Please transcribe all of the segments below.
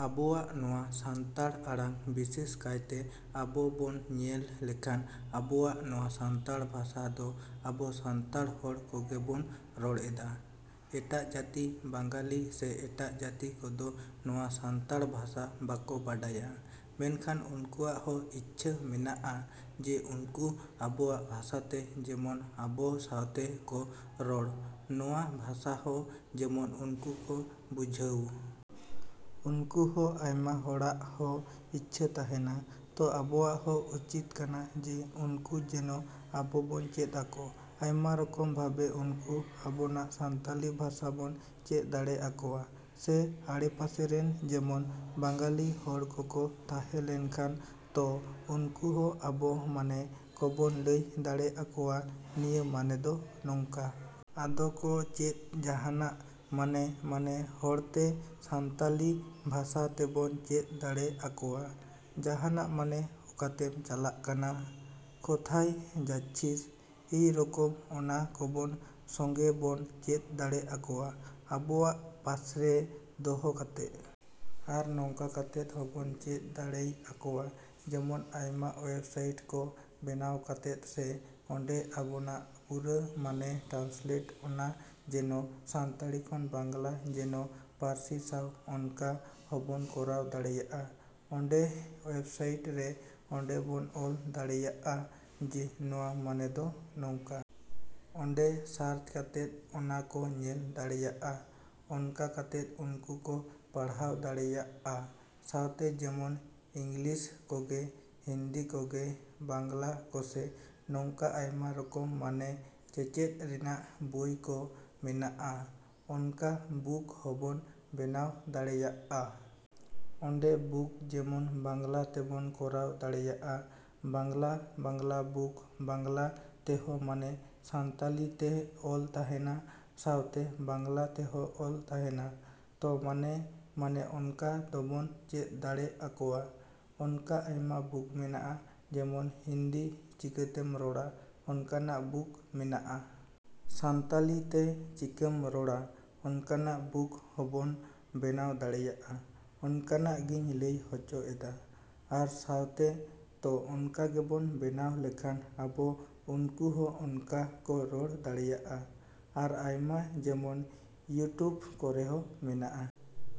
ᱟᱵᱚᱣᱟᱜ ᱱᱚᱶᱟ ᱥᱟᱱᱛᱟᱲ ᱟᱲᱟᱝ ᱵᱤᱥᱮᱥ ᱠᱟᱭᱛᱮ ᱟᱵᱚ ᱵᱚᱱ ᱧᱮᱞ ᱞᱮᱠᱷᱟᱱ ᱟᱵᱚᱣᱟᱜ ᱱᱚᱶᱟ ᱥᱟᱱᱛᱟᱲ ᱵᱷᱟᱥᱟ ᱫᱚ ᱟᱵᱚ ᱥᱟᱱᱛᱟᱲ ᱦᱚᱲ ᱠᱚᱜᱮ ᱵᱚᱱ ᱨᱚᱲ ᱮᱫᱟ᱾ ᱮᱴᱟᱜ ᱡᱟᱹᱛᱤ ᱵᱟᱝᱞᱟᱞᱤ ᱥᱮ ᱮᱴᱟᱜ ᱡᱟᱹᱛᱤ ᱠᱚᱫᱚ ᱱᱚᱶᱟ ᱥᱟᱱᱛᱟᱲ ᱵᱷᱟᱥᱟ ᱵᱟᱠᱚ ᱵᱟᱰᱟᱭᱟ, ᱢᱮᱱᱠᱷᱟᱱ ᱩᱱᱠᱩᱣᱟᱜ ᱦᱚᱸ ᱤᱪᱪᱷᱟ ᱢᱮᱱᱟᱜᱼᱟ ᱡᱮ ᱩᱱᱠᱩ ᱟᱵᱚᱣᱟᱜ ᱵᱷᱟᱥᱟᱛᱮ ᱡᱮᱢᱚᱱ ᱟᱵᱚ ᱥᱟᱶᱛᱮ ᱠᱚ ᱨᱚᱲ, ᱱᱚᱶᱟ ᱵᱷᱟᱥᱟᱦᱚᱸ ᱡᱮᱢᱚᱱ ᱩᱱᱠᱩ ᱠᱚ ᱵᱩᱡᱷᱟᱹᱣ᱾ ᱩᱱᱠᱩᱣᱟᱜ ᱦᱚᱸ ᱟᱭᱢᱟ ᱦᱚᱲᱟᱜ ᱦᱚᱸ ᱤᱪᱪᱷᱟ ᱛᱟᱦᱮᱱᱟ᱾ ᱛᱚ ᱟᱵᱚᱣᱟᱜ ᱦᱚᱸ ᱩᱪᱤᱛ ᱠᱟᱱᱟ ᱡᱮ ᱩᱱᱠᱩ ᱡᱮᱱᱚ ᱟᱵᱚ ᱵᱚᱱ ᱪᱮᱫ ᱟᱠᱚ᱾ ᱟᱭᱢᱟ ᱨᱚᱠᱚᱢ ᱵᱷᱟᱵᱮ ᱩᱱᱠᱩ ᱟᱵᱚᱱᱟᱜ ᱥᱟᱱᱛᱟᱞᱤ ᱵᱷᱟᱥᱟ ᱵᱚᱱ ᱪᱮᱫ ᱫᱟᱲᱮ ᱟᱠᱚᱣᱟ᱾ ᱥᱮ ᱟᱰᱮᱯᱟᱥᱮᱨᱮᱱ ᱡᱮᱢᱚᱱ ᱵᱟᱝᱜᱟᱞᱤ ᱦᱚᱲ ᱠᱚᱠᱚ ᱛᱟᱦᱮᱸ ᱞᱮᱱᱠᱷᱟᱱ ᱛᱚ ᱩᱱᱠᱩ ᱦᱚᱸ ᱟᱵᱚ ᱢᱟᱱᱮ ᱠᱚᱵᱚᱱ ᱞᱟᱹᱭ ᱫᱟᱲᱮ ᱟᱠᱚᱣᱟ ᱱᱤᱭᱟᱹ ᱢᱟᱱᱮ ᱫᱚ ᱱᱚᱝᱠᱟ᱾ ᱟᱫᱚ ᱠᱚ ᱪᱮᱫ ᱡᱟᱦᱟᱱᱟᱜ ᱢᱟᱱᱮ ᱢᱟᱱᱮ ᱦᱚᱲᱛᱮ ᱥᱟᱱᱛᱟᱞᱤ ᱵᱷᱟᱥᱟ ᱛᱮᱵᱚᱱ ᱪᱮᱫ ᱫᱟᱲᱮ ᱟᱠᱚᱣᱟ᱾ ᱡᱟᱦᱟᱱᱟᱜ ᱢᱟᱱᱮ 'ᱚᱠᱟᱛᱮᱢ ᱪᱟᱞᱟᱜ ᱠᱟᱱᱟ? ' 'ᱠᱳᱛᱷᱟᱭ ᱡᱟᱪᱪᱷᱤᱥ' ᱮᱭ ᱨᱚᱠᱚᱢ ᱚᱱᱟ ᱠᱚᱵᱚᱱ ᱥᱚᱝᱜᱮ ᱵᱚᱱ ᱪᱮᱫ ᱫᱟᱲᱮ ᱟᱠᱚᱣᱟᱜ ᱟᱵᱚᱣᱟᱜ ᱯᱟᱥᱨᱮ ᱫᱚᱦᱚ ᱠᱟᱛᱮᱫ᱾ ᱟᱨ ᱱᱚᱝᱠᱟ ᱠᱟᱛᱮᱫ ᱦᱚᱵᱚᱱ ᱪᱮᱫ ᱫᱟᱲᱮᱭ ᱟᱠᱚᱣᱟ ᱡᱮᱢᱚᱱ ᱟᱭᱢᱟ ᱳᱭᱮᱵᱽ ᱥᱟᱭᱤᱴ ᱠᱚ ᱵᱮᱱᱟᱣ ᱠᱟᱛᱮᱫ ᱥᱮ ᱚᱱᱮ ᱟᱵᱚᱱᱟᱜ ᱯᱩᱨᱟᱹ ᱢᱟᱱᱮ ᱴᱨᱟᱱᱥᱞᱮᱴ ᱚᱱᱟ ᱡᱮᱱᱚ ᱥᱟᱱᱛᱟᱞᱤ ᱠᱷᱚᱱ ᱵᱟᱝᱞᱟ ᱡᱮᱱᱚ ᱯᱟᱹᱨᱥᱤ ᱥᱟᱶ ᱚᱱᱠᱟ ᱦᱚᱵᱚᱱ ᱠᱚᱨᱟᱣ ᱫᱟᱲᱮᱭᱟᱜᱼᱟ᱾ ᱚᱸᱰᱮ ᱚᱭᱮᱵᱥᱟᱭᱤᱴ'ᱨᱮ ᱚᱸᱰᱮ ᱵᱚᱱ ᱚᱞ ᱫᱟᱲᱮᱭᱟᱜᱼᱟ ᱡᱮ ᱱᱚᱶᱟ ᱢᱟᱱᱮ ᱫᱚ ᱱᱚᱝᱠᱟ᱾ ᱚᱸᱰᱮ ᱥᱟᱨᱪ ᱠᱟᱛᱮᱫ ᱚᱱᱟ ᱠᱚ ᱧᱮᱞ ᱫᱟᱲᱮᱭᱟᱜᱼᱟ᱾ ᱚᱱᱠᱟ ᱠᱟᱛᱮᱫ ᱩᱱᱠᱩ ᱠᱚ ᱯᱟᱲᱦᱟᱣ ᱫᱟᱲᱮᱭᱟᱜᱼᱟ᱾ ᱥᱟᱶᱛᱮ ᱡᱮᱢᱚᱱ ᱤᱝᱞᱤᱥ ᱠᱚᱜᱮ, ᱦᱤᱱᱫᱤ ᱠᱚᱜᱮ, ᱵᱟᱝᱞᱟ ᱠᱚᱥᱮ ᱱᱚᱝᱠᱟ ᱟᱭᱢᱟ ᱨᱚᱠᱚᱢ ᱢᱟᱱᱮ ᱪᱮᱪᱮᱫ ᱨᱮᱱᱟᱜ ᱵᱳᱭ ᱠᱚ ᱢᱮᱱᱟᱜᱼᱟ᱾ ᱚᱱᱠᱟ ᱵᱩᱠ ᱦᱚᱸᱵᱚᱱ ᱵᱮᱱᱟᱣ ᱫᱟᱲᱮᱭᱟᱜᱼᱟ᱾ ᱚᱸᱰᱮ ᱵᱩᱠ ᱡᱮᱢᱚᱱ ᱵᱟᱝᱞᱟ ᱛᱮᱵᱚᱱ ᱠᱚᱨᱟᱣ ᱫᱟᱲᱮᱭᱟᱜᱼᱟ᱾ ᱵᱟᱝᱞᱟ ᱵᱟᱝᱞᱟ ᱵᱩᱠ ᱵᱟᱝᱞᱟ ᱛᱮᱦᱚᱸ ᱢᱟᱱᱮ ᱥᱟᱱᱛᱟᱞᱤᱛᱮ ᱚᱞ ᱛᱟᱦᱮᱱᱟ ᱥᱟᱶᱛᱮ ᱵᱟᱝᱞᱟ ᱛᱮᱦᱚᱸ ᱚᱞ ᱛᱟᱦᱮᱱᱟ ᱛᱚ ᱢᱟᱱᱮ ᱢᱟᱱᱮ ᱚᱱᱠᱟ ᱫᱚᱵᱚᱱ ᱪᱮᱫ ᱫᱟᱲᱮ ᱟᱠᱚᱣᱟ᱾ ᱚᱱᱠᱟ ᱟᱭᱢᱟ ᱵᱩᱠ ᱢᱮᱱᱟᱜᱼᱟ ᱡᱮᱢᱚᱱ 'ᱦᱤᱱᱫᱤ ᱪᱤᱠᱟᱛᱮᱢ ᱨᱚᱲᱟ' ᱚᱱᱠᱟᱱᱟᱜ ᱵᱩᱠ ᱢᱮᱱᱟᱜᱼᱟ᱾ 'ᱥᱟᱱᱛᱟᱞᱤᱛᱮ ᱪᱮᱠᱟᱢ ᱨᱚᱲᱟ' ᱚᱱᱠᱟᱱᱟᱜ ᱵᱩᱠ ᱦᱚᱵᱚᱱ ᱵᱮᱱᱟᱣ ᱫᱟᱲᱮᱭᱟᱜᱼᱟ᱾ ᱚᱱᱠᱟᱱᱟᱜ ᱜᱤᱧ ᱞᱟᱹᱭ ᱦᱚᱪᱚ ᱮᱫᱟ ᱟᱨ ᱥᱟᱶᱛᱮ᱾ ᱛᱚ ᱚᱱᱠᱟ ᱜᱮᱵᱚᱱ ᱵᱮᱱᱟᱣ ᱞᱮᱠᱷᱟᱱ ᱟᱵᱚ ᱩᱱᱠᱩ ᱦᱚᱸ ᱚᱱᱠᱟ ᱠᱚ ᱨᱚᱲ ᱫᱟᱲᱮᱭᱟᱜᱼᱟ᱾ ᱟᱨ ᱟᱭᱢᱟ ᱡᱮᱢᱚᱱ ᱤᱭᱩᱴᱩᱵᱽ ᱠᱚᱨᱮᱦᱚᱸ ᱢᱮᱱᱟᱜᱼᱟ᱾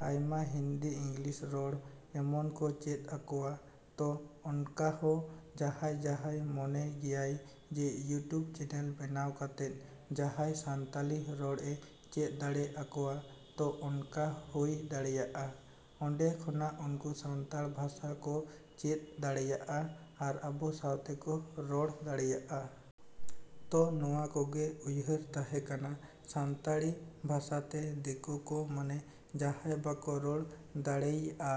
ᱟᱭᱢᱟ ᱦᱤᱱᱫᱤ ᱤᱝᱞᱤᱥ ᱨᱚᱲ ᱮᱢᱚᱱ ᱠᱚ ᱪᱮᱫ ᱟᱠᱚᱣᱟ ᱛᱚ ᱚᱱᱠᱟᱦᱚᱸ ᱡᱟᱦᱟᱭ ᱡᱟᱦᱟᱭ ᱢᱚᱱᱮ ᱜᱮᱭᱟᱭ ᱡᱮ ᱤᱭᱩᱴᱩᱵᱽ ᱪᱮᱱᱮᱞ ᱵᱮᱱᱟᱣ ᱠᱟᱛᱮᱫ ᱡᱟᱦᱟᱭ ᱥᱟᱱᱛᱟᱞᱤ ᱨᱚᱲ ᱮ ᱪᱮᱫ ᱫᱟᱲᱮ ᱟᱠᱚᱣᱟ ᱛᱚ ᱚᱱᱠᱟ ᱦᱳᱭ ᱫᱟᱲᱮᱭᱟᱜᱼᱟ᱾ ᱚᱸᱰᱮ ᱠᱷᱚᱱᱟᱜ ᱩᱱᱠᱩ ᱥᱟᱱᱛᱟᱲ ᱵᱷᱟᱥᱟ ᱠᱚ ᱪᱮᱫ ᱫᱟᱲᱮᱭᱟᱜᱼᱟ ᱟᱨ ᱟᱵᱚ ᱥᱟᱶ ᱛᱮᱠᱚ ᱨᱚᱲ ᱫᱟᱲᱮᱭᱟᱜᱼᱟ᱾ ᱛᱚ ᱱᱚᱶᱟ ᱠᱚᱜᱮ ᱩᱯᱟᱭ ᱛᱟᱦᱮᱸ ᱠᱟᱱᱟ ᱥᱟᱱᱛᱟᱲᱤ ᱵᱷᱟᱥᱟᱛᱮ ᱫᱤᱠᱳ ᱠᱚ ᱢᱟᱱᱮ ᱡᱟᱦᱟᱸᱭ ᱵᱟᱠᱚ ᱨᱚᱲ ᱫᱟᱲᱮᱭᱼᱟ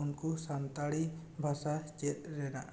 ᱩᱱᱠᱩ ᱥᱟᱱᱛᱟᱲᱤ ᱵᱷᱟᱥᱟ ᱪᱮᱫ ᱨᱮᱱᱟᱜ᱾